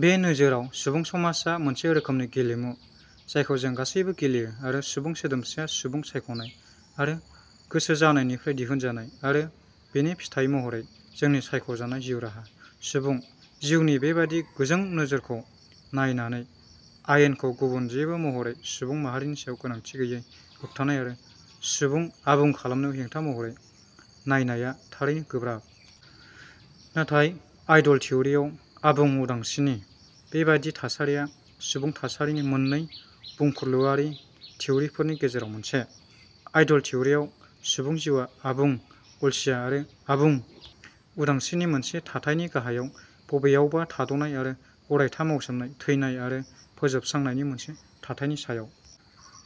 बे नोजोराव सुबुं समाजआ मोनसे रोखोमनि गेलेमु जायखौ जों गासैबो गेलेयो आरो सुबुं सोदोमस्रिआ सुबुं सायख'नाय आरो गोसो जानायनिफ्राय दिहुनजानाय आरो बेनि फिथाइ महरै'जोंनि सायख'जानाय जिउ राहा'। सुबुं जिउनि बेबादि गोजों नोजोरखौ नायनानै आयेनखौ गुबुन जेबो महरै सुबुं माहारिनि सायाव गोनांथि गैयै होबथानाय आरो सुबुं आबुं खालामनायाव हेंथा महरै नायनाया थारैनो गोब्राब। नाथाय आइडल थिउरियाव आबुं उदांस्रिनि बेबादि थासारिया सुबुं थासारिनि मोननै बुंफुरलुआरि थिउरिफोरनि गेजेराव मोनसे। आइडल थिउरियाव, सुबुं जिउआ आबुं अलसिया आरो आबुं उदांस्रिनि मोनसे थाथायनि गाहायाव बबेयावबा थाद'नाय आरो अरायथा मावसोमनाय, थैनाय आरो फोजोबस्रांनायनि मोनसे थाथायनि सायाव।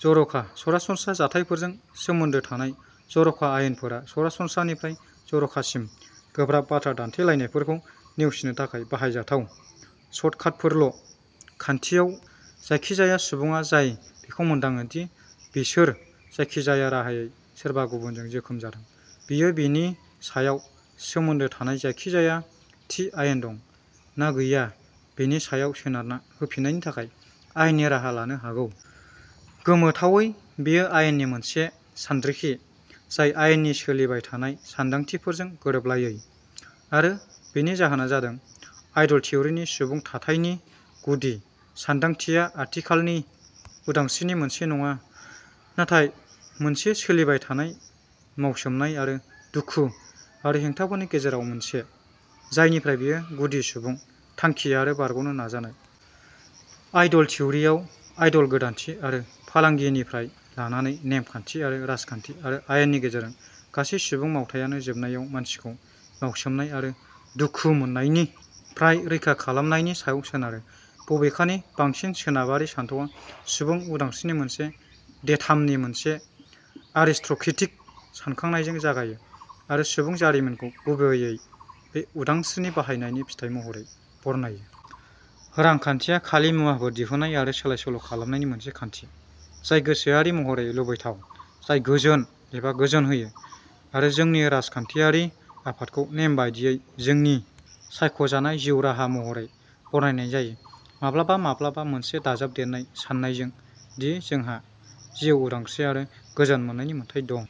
जर'खा सरासनस्रा जाथायफोरजों सोमोन्दो थानाय जर'खा आयेनफोरा सरासनस्रा निफ्राय जर'खासिम गोब्राब बाथ्रा दान्थेलायनायफोरखौ नेवसिनो थाखाय बाहायजाथाव शर्टकाटफोरल'। खान्थियाव, जायखिजाया सुबुङा जाय बेखौ मोनदाङो दि बिसोर जायखिजाया राहायै सोरबा गुबुनजों जोखोम जादों, बियो बेनि सायाव सोमोन्दो थानाय जायखिजाया थि आयेन दं ना गैया बेनि सायाव सोनारना होफिन्नायनि थाखाय आयेननि राहा लानो हागौ। गोमोथावै, बेयो आयेननि मोनसे सानरिखि जाय आयेननि सोलिबाय थानाय सानदांथिफोरजों गोरोबलायै। आरो बेनि जाहोना जादों आइडल थिउरिनि सुबुं थाथायनि गुदि सानदांथिया आथिखालनि उदांस्रिनि मोनसे नङा, नाथाय मोनसे सोलिबाय थानाय मावसोमनाय आरो दुखु आरो हेंथाफोरनि गेजेराव मोनसे, जायनिफ्राय बेयो गुदि सुबुं थांखि आरो बारग'नो नाजानाय। आइडल थिउरियाव, आइडल गोदानथि आरो फालांगिनिफ्राय लानानै, नेम खान्थि आरो राजखान्थि आरो आयेननि गेजेरजों, गासै सुबुं मावथायानो जोबनायाव मानसिखौ मावसोमनाय आरो दुखु मोन्नायनिफ्राय रैखा खालामनायनि सायाव सोनारो। बबेखानि, बांसिन सोनाबारि सानथौआ सुबुं उदांस्रिनि मोनसे डेटामनि मोनसे आरिस्ट'क्रेटिक सानखांनायजों जागायो, आरो सुबुं जारिमिनखौ गुबैयै बे उदांस्रिनि बाहायनायनि फिथाइ महरै बरनायो। रांखान्थिया खालि मुवाफोर दिहुन्नाय आरो सोलाय-सोल'खालामनायनि मोनसे खान्थि, जाय गोसोआरि महरै लुबैथाव, जाय गोजोन एबा गोजोन होयो। आरो जोंनि राजखान्थियारि आफादखौ नेमबादियै "जोंनि सायख'जानाय जिउ राहा" महरै बरनायनाय जायो, माब्लाबा माब्लाबा मोनसे दाजाबदेरनाय सान्नायजों दि जोंहा "जिउ, उदांस्रि आरो गोजोन मोन्नायनि मोन्थाइ दं"।